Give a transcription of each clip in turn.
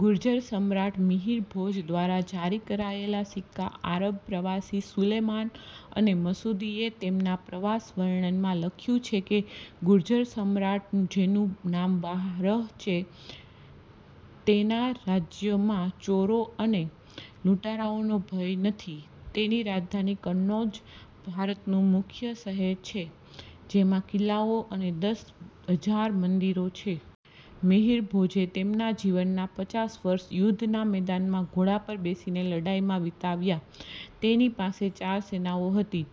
ગુર્જર સમ્રાટ મિહિર ભોજ દ્વારા જારી કરાયેલા સિક્કા આરબ પ્રવાસી સુલેમાન અને મસૂદીએ તેમના પ્રવાસ વર્ણનમાં લખ્યું છે કે 'ગુર્જર સમ્રાટ જેનું નામ બારહ છે. તેના રાજ્યમાં ચોરો અને લૂંટારાઓનો ભય નથી. તેની રાજધાની કન્નૌજ ભારતનું મુખ્ય શહેર છે, જેમાં કિલ્લાઓ અને દસ હજાર મંદિરો છે. મિહિર ભોજે તેમના જીવનના પચાસ વર્ષ યુદ્ધના મેદાનમાં ઘોડા પર બેસીને લડાઈમાં વિતાવ્યા. તેની પાસે ચાર સેનાઓ હતી,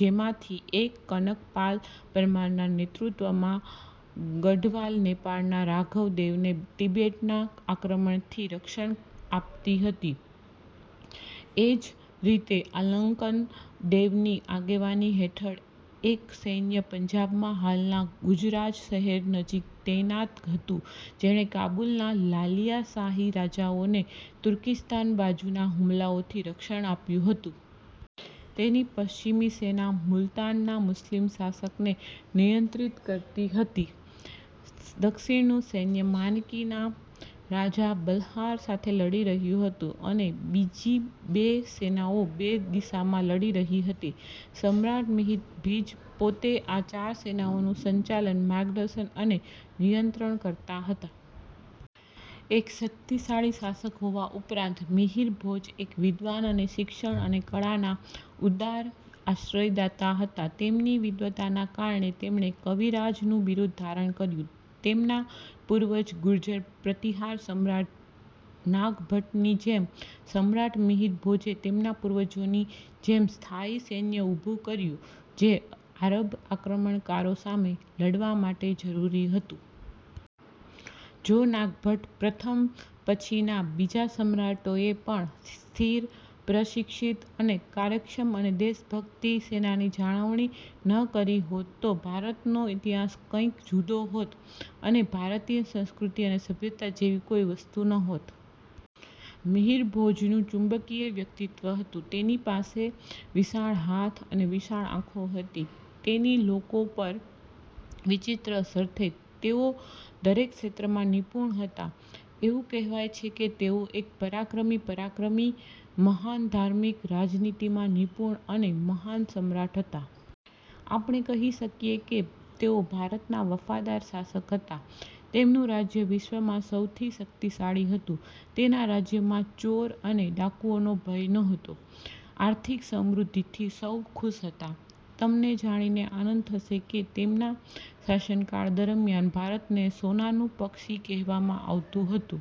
જેમાંથી એક કનકપાલ પરમારના નેતૃત્વમાં ગઢવાલ નેપાળના રાઘવદેવને તિબેટના આક્રમણથી રક્ષણ આપતી હતી. એ જ રીતે, અલ્કન દેવની આગેવાની હેઠળ એક સૈન્ય પંજાબમાં હાલના ગુજરાજ શહેર નજીક તૈનાત હતું, જેણે કાબુલના લાલિયાશાહી રાજાઓને તુર્કીસ્તાન બાજુના હુમલાઓથી રક્ષણ આપ્યું હતું. તેની પશ્ચિમી સેના મુલતાનના મુસ્લિમ શાસકને નિયંત્રિત કરતી હતી. દક્ષિણનું સૈન્ય માનકીના રાજા બલહાર સાથે લડી રહ્યું હતું અને બીજી બે સેનાઓ બે દિશામાં લડી રહી હતી. સમ્રાટ મિહિર ભીજ પોતે આ ચાર સેનાઓનું સંચાલન, માર્ગદર્શન અને નિયંત્રણ કરતા હતા. એક શક્તિશાળી શાસક હોવા ઉપરાંત, મિહિર ભોજ એક વિદ્વાન અને શિક્ષણ અને કળાના ઉદાર આશ્રયદાતા હતા. તેમની વિદ્વતાના કારણે તેમણે 'કવિરાજ'નું બિરુદ ધારણ કર્યું. તેમના પૂર્વજ ગુર્જર પ્રતિહાર સમ્રાટ નાગભટ્ટ ની જેમ, સમ્રાટ મિહિર ભોજે તેમના પૂર્વજોની જેમ સ્થાયી સૈન્ય ઉભું કર્યું જે આરબ આક્રમણકારો સામે લડવા માટે જરૂરી હતું. જો નાગભટ્ટ પ્રથમ પછીના બીજા સમ્રાટોએ પણ સ્થિર, પ્રશિક્ષિત અને કાર્યક્ષમ અને દેશભક્તિ સેનાની જાળવણી ન કરી હોત તો ભારતનો ઈતિહાસ કંઈક જુદો હોત અને ભારતીય સંસ્કૃતિ અને સભ્યતા જેવી કોઈ વસ્તુ ન હોત. મિહિરભોજનું ચુંબકીય વ્યક્તિત્વ હતું, તેની પાસે વિશાળ હાથ અને વિશાળ આંખો હતી. તેની લોકો પર વિચિત્ર અસર થઈ. તેઓ દરેક ક્ષેત્રમાં નિપુણ હતા, એવું કહેવાય છે કે તેઓ એક પરાક્રમી પરાક્રમી, મહાન ધાર્મિક, રાજનીતિમાં નિપુણ અને મહાન સમ્રાટ હતા. આપણે કહી શકીએ કે તેઓ ભારતના વફાદાર શાસક હતા. તેમનું રાજ્ય વિશ્વમાં સૌથી શક્તિશાળી હતું. તેના રાજ્યમાં ચોર અને ડાકુઓનો ભય નહોતો. આર્થિક સમૃદ્ધિથી સૌ ખુશ હતા. તમને જાણીને આનંદ થશે કે તેમના શાસનકાળ દરમિયાન ભારતને સોનાનું પક્ષી કહેવામાં આવતું હતું.